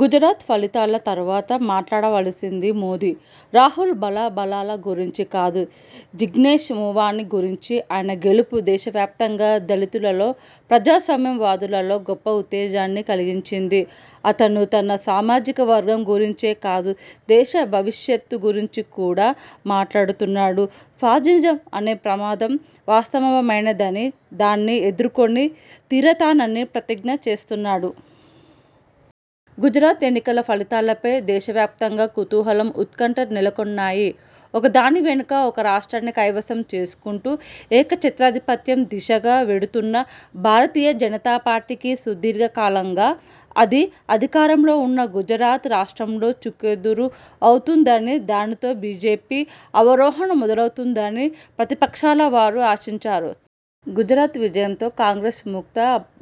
గుజరాత్ ఫలితాల తరువాత మాట్లాడవలసింది మోదీ రాహుల్ బలాబలాల గురించి కాదు, జిగ్నేష్ మెవానీ గురించి. ఆయన గెలుపు దేశవ్యాప్తంగా దళితులలో, ప్రజాస్వామ్య వాదులలో గొప్ప ఉత్తేజాన్ని కలిగించింది. అతను తన సామాజిక వర్గం గురించే కాదు, దేశ భవిష్యత్తు గురించి కూడా మాట్లాడుతున్నాడు. ఫాజిజం అనే ప్రమాదం వాస్తవమైనదని, దాన్ని ఎదుర్కొని తీరతానని ప్రతిజ్ఞ చేస్తున్నాడు. గుజరాత్ ఎన్నికల ఫలితాలపై దేశవ్యాప్తంగా కుతూహలం, ఉత్కంఠ నెలకొన్నాయి. ఒకదాని వెనుక ఒక రాష్ట్రాన్ని కైవసం చేసుకుంటూ ఏక ఛత్రాధిపత్యం దిశగా వెడుతున్న భారతీయ జనతాపార్టీకి, సుదీర్ఘకాలంగా అది అధికారంలో ఉన్న గుజరాత్ రాష్ట్రంలో చుక్కెదురు అవుతుందని, దానితో బిజెపి అవరోహణ మొదలవుతుందని ప్రతిపక్షాల వారు ఆశించారు. గుజరాత్ విజయంతో కాంగ్రెస్ ముక్త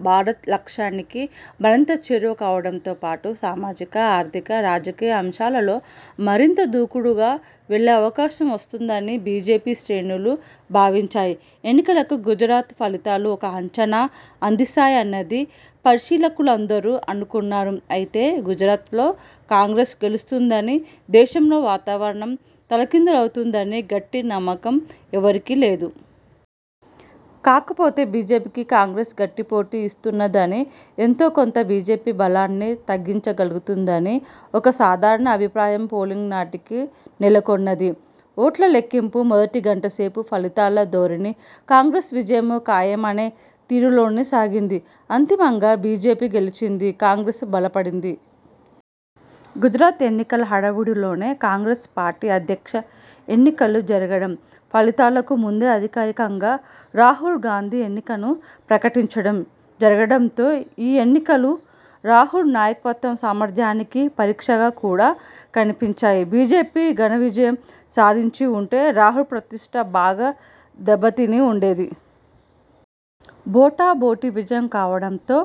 భారత్ లక్ష్యానికి మరింత చేరువ కావడంతో పాటు, సామాజిక, ఆర్థిక, రాజకీయ అంశాలలో మరింత దూకుడుగా వెళ్లే అవకాశం వస్తుందని బిజెపి శ్రేణులు భావించాయి. ఎన్నికలకు గుజరాత్ ఫలితాలు ఒక అంచనా అందిస్తాయన్నది పరిశీలకులందరూ అనుకున్నారు. అయితే, గుజరాత్లో కాంగ్రెస్ గెలుస్తుందని, దేశంలో వాతావరణం తలకిందులవుతుందని గట్టి నమ్మకం ఎవరికీ లేదు. కాకపోతే, బిజెపికి కాంగ్రెస్ గట్టి పోటీ ఇస్తున్నదని, ఎంతో కొంత బిజెపి బలాన్ని తగ్గించ గలుగుతుందని ఒక సాధారణ అభిప్రాయం పోలింగ్ నాటికి నెలకొన్నది. ఓట్ల లెక్కింపు మొదటి గంటసేపు ఫలితాల ధోరణి, కాంగ్రెస్ విజయం ఖాయమనే తీరులోనే సాగింది. అంతిమంగా బిజెపి గెలిచింది. కాంగ్రెస్ బలపడింది. గుజరాత్ ఎన్నికల హడావుడిలోనే కాంగ్రెస్ పార్టీ అధ్యక్ష ఎన్నికలు జరగడం, ఫలితాలకు ముందే అధికారికంగా రాహుల్ గాంధీ ఎన్నికను ప్రకటించడం జరగడంతో, ఈ ఎన్నికలు రాహుల్ నాయకత్వ సామర్థ్యానికి పరీక్షగా కూడా కనిపించాయి. బిజెపి ఘనవిజయం సాధించి ఉంటే, రాహుల్ ప్రతిష్ఠ బాగా దెబ్బతిని ఉండేది. బొటాబొటి విజయం కావడంతో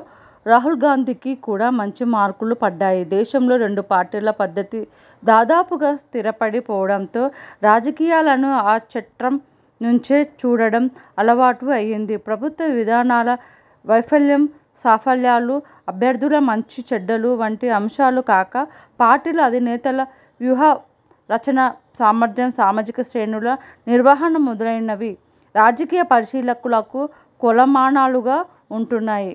రాహుల్గాంధీకి కూడా మంచి మార్కులు పడ్డాయి. దేశంలో రెండుపార్టీల పద్ధతి దాదాపుగా స్థిరపడి పోవడంతో, రాజకీయాలను ఆ చట్రం నుంచే చూడడం అలవాటు అయ్యింది. ప్రభుత్వ విధానాల వైఫల్యం సాఫల్యాలు, అభ్యర్థుల మంచి చెడ్డలు వంటి అంశాలు కాక, పార్టీల అధినేతల వ్యూహరచనా సామర్థ్యం, సామాజిక శ్రేణుల నిర్వహణ మొదలైనవి రాజకీయ పరిశీలకులకు కొలమానాలుగా ఉంటున్నాయి.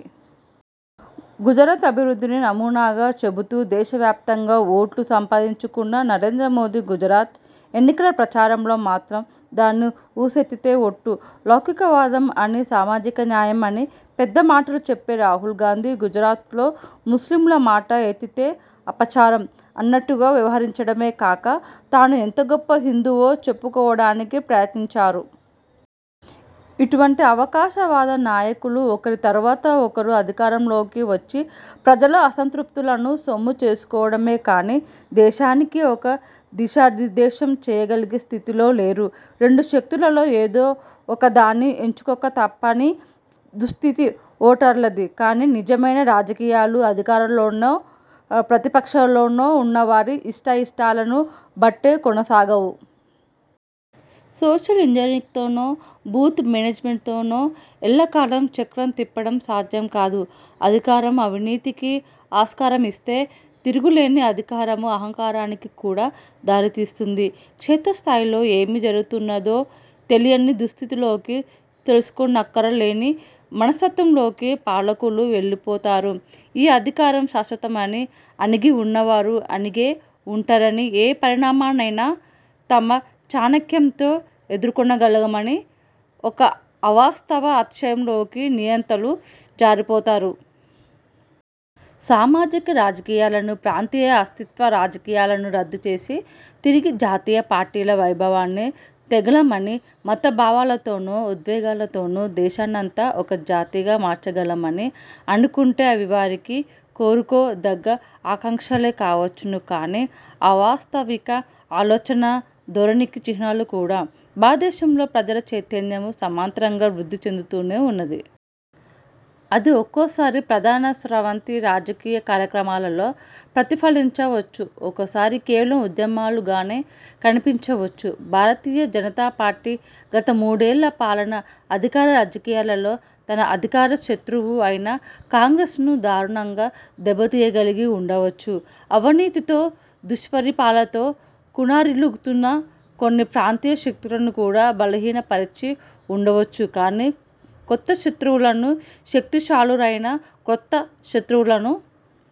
గుజరాత్ అభివృద్ధిని నమూనాగా చెబుతూ దేశ వ్యాప్తంగా ఓట్లు సంపాదించుకున్న నరేంద్ర మోదీ గుజరాత్ ఎన్నికల ప్రచారంలో మాత్రం దాని ఊసెత్తితే ఒట్టు. లౌకికవాదం అనీ, సామాజిక న్యాయం అని పెద్ద మాటలు చెప్పే రాహుల్ గాంధీ గుజరాత్లో ముస్లిముల మాట ఎత్తితే అపచారం అన్నట్టుగా వ్యవహరించడమే కాక, తాను ఎంత గొప్ప హిందువో చెప్పుకోవడానికి ప్రయత్నించారు. ఇటువంటి అవకాశ వాద నాయకులు ఒకరి తరువాత ఒకరు అధికారం లోకి వచ్చి ప్రజల అసంతృప్తులను సొమ్ము చేసుకోవడమే కానీ, దేశానికి ఒక దిశానిర్దేశం చేయగలిగే స్థితిలో లేరు. రెండు శక్తులలో ఏదో ఒకదాన్ని ఎంచుకోక తప్పని దుస్థితి ఓటర్లది. కానీ, నిజమైన రాజకీయాలు, అధికారంలోనో ప్రతిపక్షంలోనో ఉన్న వారి ఇష్టాయిష్టాలను బట్టే కొనసాగవు. సోషల్ ఇంజనీరింగ్తోనో, బూత్ మేనేజ్మెంట్తోనో ఎల్ల కాలం చక్రం తిప్పడం సాధ్యం కాదు. అధికారం అవినీతికి ఆస్కారమిస్తే, తిరుగులేని అధికారం అహంకారానికి కూడా దారితీస్తుంది. క్షేత్రస్థాయిలో ఏమి జరుగుతున్నదో తెలియని దుస్థితిలోకి, తెలుసుకోనక్కర లేని మనస్తత్వంలోకి పాలకులు వెళ్లిపోతారు. ఈ అధికారం శాశ్వతమని, అణగి ఉన్నవారు అణిగే ఉంటారని, ఏ పరిణామాన్నైనా తమ చాణక్యంతో ఎదుర్కొనగలమని ఒక అవాస్తవ అతిశయంలోకి నియంతలు జారిపోతారు. సామాజిక రాజకీయాలను, ప్రాంతీయ అస్తిత్వ రాజకీయాలను రద్దుచేసి, తిరిగి జాతీయ పార్టీల వైభవాన్ని తేగలమని, మత భావనలతోనో ఉద్వేగాలతోనో దేశాన్నంతా ఒక జాతిగా మార్చగలమని అనుకుంటే, అవి వారికి కోరుకో దగ్గ ఆకాంక్షలే కావచ్చును కానీ, అవాస్తవిక ఆలోచనా ధోరణికి చిహ్నాలు కూడా. భారతదేశంలో ప్రజల చైతన్యం సమాంతరంగా వృద్ధి చెందుతూనే ఉన్నది. అది ఒక్కోసారి ప్రధాన స్రవంతి రాజకీయ కార్యక్రమాలలో ప్రతిఫలించ వచ్చు, ఒక్కోసారి కేవలం ఉద్యమాలుగానే కనిపించవచ్చు. భారతీయ జనతా పార్టీ గత మూడేళ్ల పాలన, అధికార రాజకీయాలలో తన అధికార శతువ్రు అయిన కాంగ్రెస్ను దారుణంగా దెబ్బ తీయగలిగి ఉండవచ్చు, అవినీతితో దుష్పరిపాలనతో కునారిల్లుతున్న కొన్ని ప్రాంతీయ శక్తులను కూడా బలహీనపరిచి ఉండవచ్చు. కానీ, కొత్త శత్రువులను, శక్తిశాలురైన కొత్త శత్రువులను